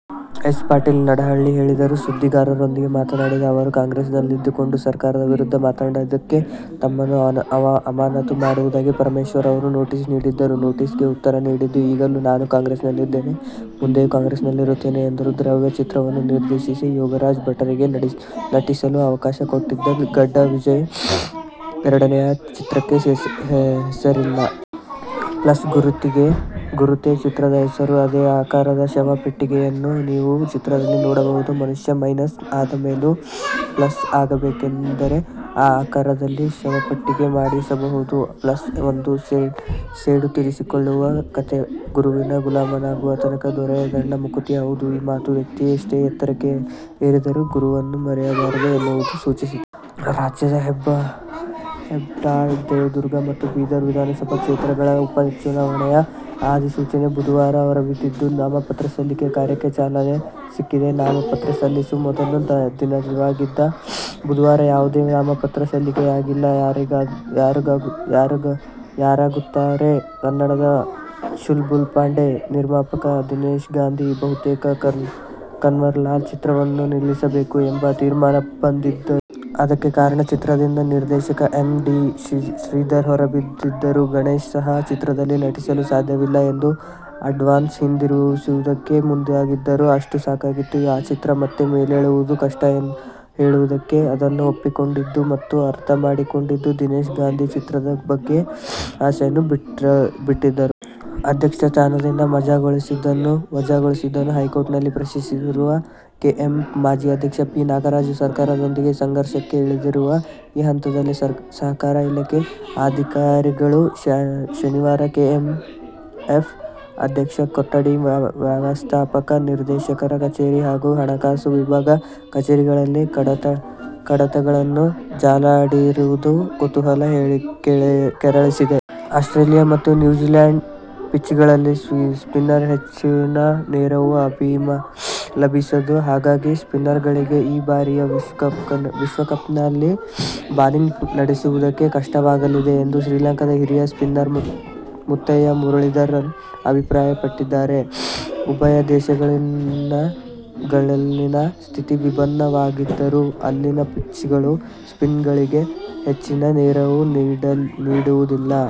S. Patil Nadahalli ಹೇಳಿದರು. ಸುದ್ದಿಗಾರರೊಂದಿಗೆ ಮಾತನಾಡಿದ ಅವರು, ಕಾಂಗ್ರೆಸ್ನಲ್ಲಿದ್ದುಕೊಂಡು ಸರ್ಕಾರದ ವಿರುದ್ಧ ಮಾತನಾಡಿದ್ದಕ್ಕೆ ತಮ್ಮನ್ನು ಅಮಾನತು ಮಾಡುವುದಾಗಿ ಪರಮೇಶ್ವರ್ ಅವರು ನೋಟಿಸ್ ನೀಡಿದ್ದರು. ನೋಟಿಸ್ಗೆ ಉತ್ತರ ನೀಡಿದ್ದು, ಈಗಲೂ ನಾನು ಕಾಂಗ್ರೆಸ್ನಲ್ಲಿದ್ದೇನೆ. ಮುಂದೆಯೂ ಕಾಂಗ್ರೆಸ್ನಲ್ಲಿರುತ್ತೇನೆ ಎಂದರು. ದ್ಯಾವ್ರೇ ಚಿತ್ರವನ್ನು ನಿರ್ದೇಶಿಸಿ ಯೋಗರಾಜ ಭಟ್ಟರಿಗೆ ನಟಿಸಲು ಅವಕಾಶ ಕೊಟ್ಟಿದ್ದ ಗಡ್ಡ ವಿಜಿಯ ಎರಡನೆಯ ಚಿತ್ರಕ್ಕೆ ಹೆಸರಿಲ್ಲ. ಪ್ಲಸ್ ಗುರುತೇ ಚಿತ್ರದ ಹೆಸರು. ಅದೇ ಆಕಾರದ ಶವ ಪೆಟ್ಟಿಗೆಯನ್ನು ನೀವು ಚಿತ್ರದಲ್ಲಿ ನೋಡಬಹುದು. ಮನುಷ್ಯ ಮೈನಸ್ ಆದ ಮೇಲೂ ಪ್ಲಸ್ ಆಗಬೇಕೆಂದರೆ ಆ ಆಕಾರದ ಶವಪೆಟ್ಟಿಗೆ ಮಾಡಿಸಬಹುದು! ಪ್ಲಸ್ ಒಂದು ಸೇಡು ತೀರಿಸಿಕೊಳ್ಳುವ ಕತೆ. ಗುರುವಿನ ಗುಲಾಮನಾಗುವ ತನಕ ದೊರೆಯದಣ್ಣ ಮುಕುತಿ. ಹೌದು ಈ ಮಾತು ವ್ಯಕ್ತಿ ಎಷ್ಟೇ ಎತ್ತರಕ್ಕೆ ಎರಿದರೂ ಗುರುವನ್ನು ಮರೆಯಬಾರದು ಎನ್ನುವುದನ್ನು ಸೂಚಿಸುತ್ತದೆ. ರಾಜ್ಯದ ಹೆಬ್ಟಾಳ, ದೇವದುರ್ಗ ಮತ್ತು ಬೀದರ್ ವಿಧಾನಸಭಾ ಕ್ಷೇತ್ರಗಳ ಉಪ ಚುನಾವಣೆಯ ಅಧಿಸೂಚನೆ ಬುಧವಾರ ಹೊರಬಿದ್ದಿದ್ದು, ನಾಮಪತ್ರಸಲ್ಲಿಕೆ ಕಾರ್ಯಕ್ಕೆ ಚಾಲನೆ ಸಿಕ್ಕಿದೆ. ನಾಮಪತ್ರ ಸಲ್ಲಿಸಲು ಮೊದಲ ದಿನವಾಗಿದ್ದ ಬುಧವಾರ ಯಾವುದೇ ನಾಮಪತ್ರ ಸಲ್ಲಿಕೆಯಾಗಿಲ್ಲ. ಯಾರಾಗುತ್ತಾರೆ ಕನ್ನಡದ ಚುಲ್ಬುಲ್ ಪಾಂಡೆ? ನಿರ್ಮಾಪಕ ದಿನೇಶ್ ಗಾಂಧಿ ಬಹುತೇಕ "ಕನ್ವರ್ಲಾಲ್' ಚಿತ್ರವನ್ನು ನಿಲ್ಲಿಸಬೇಕು ಎಂಬ ತೀರ್ಮಾನಕ್ಕೆ ಬಂದಿದ್ದರು. ಅದಕ್ಕೆ ಕಾರಣ ಚಿತ್ರದಿಂದ ನಿರ್ದೇಶಕ ಎಂ. ಡಿ. ಶ್ರೀಧರ್ ಹೊರಬಿದ್ದಿದ್ದರು. ಗಣೇಶ್ ಸಹ ಚಿತ್ರದಲ್ಲಿ ನಟಿಸಲು ಸಾಧ್ಯವಿಲ್ಲ ಎಂದು ಅಡ್ವಾನ್ಸ್ ಹಿಂದಿರಿಗಿಸುವುದಕ್ಕೆ ಮುಂದಾಗಿದ್ದರು. ಅಷ್ಟು ಸಾಕಾಗಿತ್ತು ಆ ಚಿತ್ರ ಮತ್ತೆ ಮೇಲೇಳುವುದು ಕಷ್ಟ ಎಂದು ಹೇಳುವುದಕ್ಕೆ. ಅದನ್ನು ಒಪ್ಪಿಕೊಂಡಿದ್ದ ಮತ್ತು ಅರ್ಥ ಮಾಡಿಕೊಂಡಿದ್ದ ದಿನೇಶ್ ಗಾಂಧಿ ಚಿತ್ರದ ಬಗ್ಗೆ ಆಸೆಯನ್ನು ಬಿಟ್ಟಿದ್ದರು. ಅಧ್ಯಕ್ಷ ಸ್ಥಾನದಿಂದ ವಜಾಗೊಳಿಸಿದ್ದನ್ನು ಹೈಕೋರ್ಟ್ನಲ್ಲಿ ಪ್ರಶ್ನಿಸಿರುವ ಕೆಎಂಎಫ್ ಮಾಜಿ ಅಧ್ಯಕ್ಷ ಪಿ. ನಾಗರಾಜು ಸರ್ಕಾರದೊಂದಿಗೆ ಸಂಘರ್ಷಕ್ಕೆ ಇಳಿದಿರುವ ಈ ಹಂತದಲ್ಲೇ ಸಹಕಾರ ಇಲಾಖೆ ಅಧಿಕಾರಿಗಳು ಶನಿವಾರ ಕೆಎಂಎಫ್ ಅಧ್ಯಕ್ಷರ ಕೊಠಡಿ, ವ್ಯವಸ್ಥಾಪಕ ನಿರ್ದೇಶಕರ ಕಚೇರಿ ಹಾಗೂ ಹಣಕಾಸು ವಿಭಾಗದ ಕಚೇರಿಗಳಲ್ಲಿ ಕಡತಗಳನ್ನು ಜಾಲಾಡಿರುವುದು ಕುತೂಹಲ ಕೆರಳಿಸಿದೆ. ಆಸ್ಟ್ರೇಲಿಯ ಮತ್ತು ನ್ಯೂಜಿಲ್ಯಾಂಡ್ನ ಪಿಚ್ಗಳಲ್ಲಿ ಸ್ಪಿನ್ನರ್ಗಳಿಗೆ ಹೆಚ್ಚಿನ ನೆರವು ಲಭಿಸದು. ಹಾಗಾಗಿ ಸ್ಪಿನ್ನರ್ಗಳಿಗೆ ಈ ಬಾರಿಯ ವಿಶ್ವಕಪ್ನಲ್ಲಿ ಬೌಲಿಂಗ್ ನಡೆಸುವುದಕ್ಕೆ ಕಷ್ಟವಾಗಲಿದೆ ಎಂದು ಶ್ರೀಲಂಕಾದ ಹಿರಿಯ ಸ್ಪಿನ್ನರ್ ಮುತ್ತಯ್ಯ ಮುರಳೀಧರನ್ ಅಭಿಪ್ರಾಯಪಟ್ಟಿದ್ದಾರೆ. ಉಭಯ ದೇಶಗಳಲ್ಲಿನ ಸ್ಥಿತಿ ವಿಭಿನ್ನ ವಾಗಿದ್ದರೂ ಅಲ್ಲಿನ ಪಿಚ್ಗಳು ಸ್ಪಿನ್ನರ್ಗಳಿಗೆ ಹೆಚ್ಚಿನ ನೆರವು ನೀಡುವುದಿಲ್ಲ.